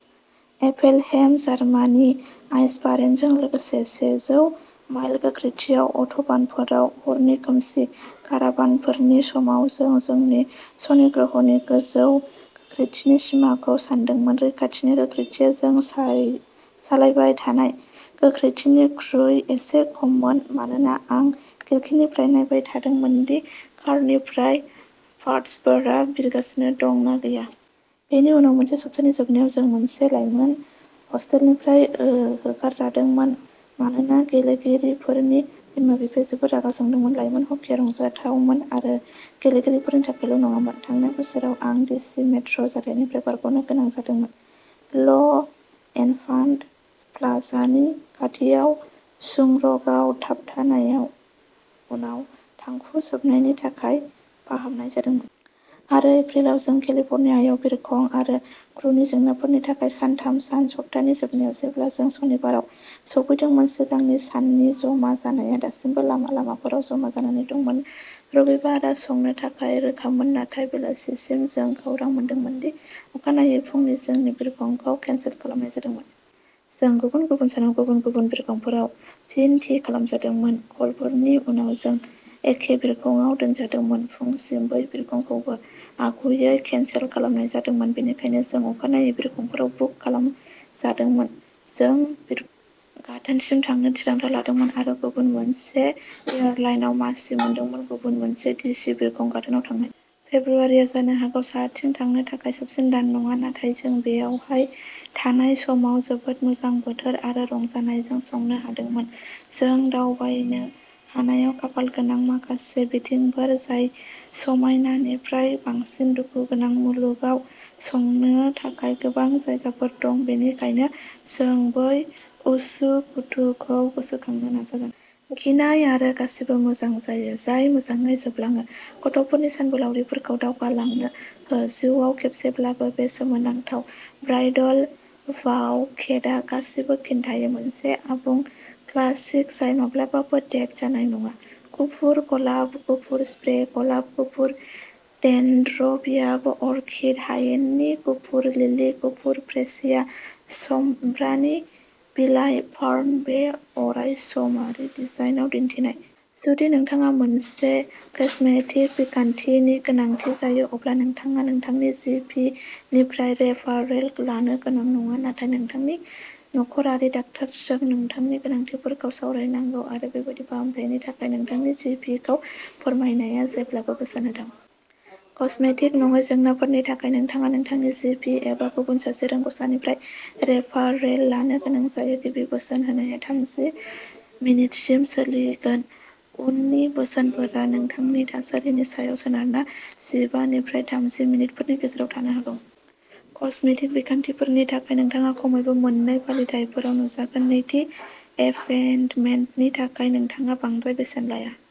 एपेलहेम Germany आइसबारेनजों लोगोसे। सेजौ माइल गोख्रैथियाव अट'बानफोराव हरनि खोमसि काराभानफोरनि समाव जों जोंनि शनि ग्रह'नि गोजौ गोख्रैथिनि सिमाखौ सानदोंमोन। रैखाथि गोख्रैथिया जों सालायबाय थानाय गोख्रैथिनिख्रुइ एसे खममोन मानोना आं खिरखिनिफ्राय नायबाय थादोंमोनदि कारनिफ्राय पार्ट्सफोरा बिरगासिनो दं ना गैया। बेनि उनाव मोनसे सप्तानि जोबनायाव जों मोनसे लाइमोन हस्टेलनिफ्राय होखारजादोंमोन मानोना गेलेगिरिफोरनि बिमा-बिफाया जोबोद रागा जोंदोंमोन। लाइमोन हकीआ रंजाथावमोन आरो गेलेगिरिफोरनि थाखायल' नङामोन। थांनाय बोसोराव आं डिसि मेट्र' जाथायनिफ्राय बारग'नो गोनां जादोंमोन ल'एनफान्ट प्लाजानि खाथियाव सुरंगआव थाबथानायनि उनाव थांखु सोबनायनि थाखाय फाहामनाय जादोंमोन। आरो एप्रिलाव जों केलिफर्नियायाव बिरखं आरो क्रुनि जेंनाफोरनि थाखाय सानथाम सान सप्तानि जोबनायाव। जेब्ला जों सनिबाराव सौफैदोंमोन सिगांनि साननि जमा जानाया दासिमबो लामा लामाफोराव जमा जानानै दंमोन। रबिबारआ संनो थाखाय रोखामोन नाथाय बेलासिसिम जों खौरां मोनदोंमोनदि अखानायै फुंनि जोंनि बिरखंखौ केनसेल खालामनाय जादोंमोन। जों गुबुन गुबुन सानाव गुबुन गुबुन बिरखंफोराव फिन थि खालामजादोंमोन। कलफोरनि उनाव जों एखे बिरखंआव दोनजादोंमोन। फुंसिम बै बिरखंखौबो आगुयै केनसेल खालामनाय जादोंमोन बेनिखायनो जों अखानायै बिरखंफोराव बुक खालामजादोंमोन। जों बिरखं गाथोनसिम थांनो थिरांथा लादोंमोन आरो गुबुन मोनसे एयारलाइनआव मासि मोनदोंमोन गुबुन मोनसे डिसि बिरखं गाथोनआव थांनाय। फेब्रुआरिआ जानो हागौ साहाथिं थांनो थाखाय साबसिन दान नङा नाथाय जों बेवहाय थानाय समाव जोबोद मोजां बोथोर आरो रंजानायजों संनो हादोंमोन। जों दावबायनो हानायाव खाफालगोनां माखासे बिथिंफोर जाय समायनानिफ्राय बांसिन दुखु गोनां। मुलुगाव संनो थाखाय गोबां जायगाफोर दं बेनिखायनो जों बै उसुखुथुखौ गोसोखांनो नाजागोन। गिनाय आरो गासिबो मोजां जायो जाय मोजाङै जोबलाङो। गथ'फोरनि सानबोलावरिफोरखौ दावगालांनो हो जिउआव खेबसेब्लाबो बे सोमोनांथाव ब्राइडल बाउकेटआ गासिबो खिन्थायो। मोनसे आबुं क्लासिक जाय माब्लाबाबो डेट जानाय नङा। गुफुर गलाब, गुफुर स्प्रे गलाब, गुफुर डेनड्रबियाम अर्किड, हायेननि गुफुर लिलि, गुफुर फ्रेसिया, सामब्रानि बिलाइ फार्न बे अरायसमारि डिजाइनआव दिन्थिनाय। जुदि नोंथाङा मोनसे कस्मेटिक बिखान्थिनि गोनांथि जायो अब्ला नोंथाङा नोंथांनि जि पि निफ्राय रेफारेल लानो गोनां नङा नाथाय नोंथांनि न'खरारि डाक्टारजों नोंथांनि गोनांथिफोरखौ सावरायनांगौ आरो बेबादि फाहामथायनि थाखाय नोंथांनि जि पि खौ फोरमायनाया जेब्लाबो बोसोन होथाव। कस्मेटिक नङै जेंनाफोरनि थाखाय नोंथाङा नोंथांनि जि पि एबा गुबुन सासे रोंग'सारनिफ्राय रेफारेल लानो गोनां जागोन। गिबि बोसोन होनाया थामजि मिनिटसिम सोलिगोन। उननि बोसोनफोरा नोंथांनि थासारिनि सायाव सोनारना जिबा निफ्राय थामजि मिनिटफोरनि गेजेराव थानो हागौ। कस्मेटिक बिखान्थिफोरनि थाखाय नोंथाङा खमैबो मोननै फालिथायफोराव नुजागोन। नैथि एपइन्टमेन्टनि थाखाय नोंथाङा बांद्राय बेसेन लाया।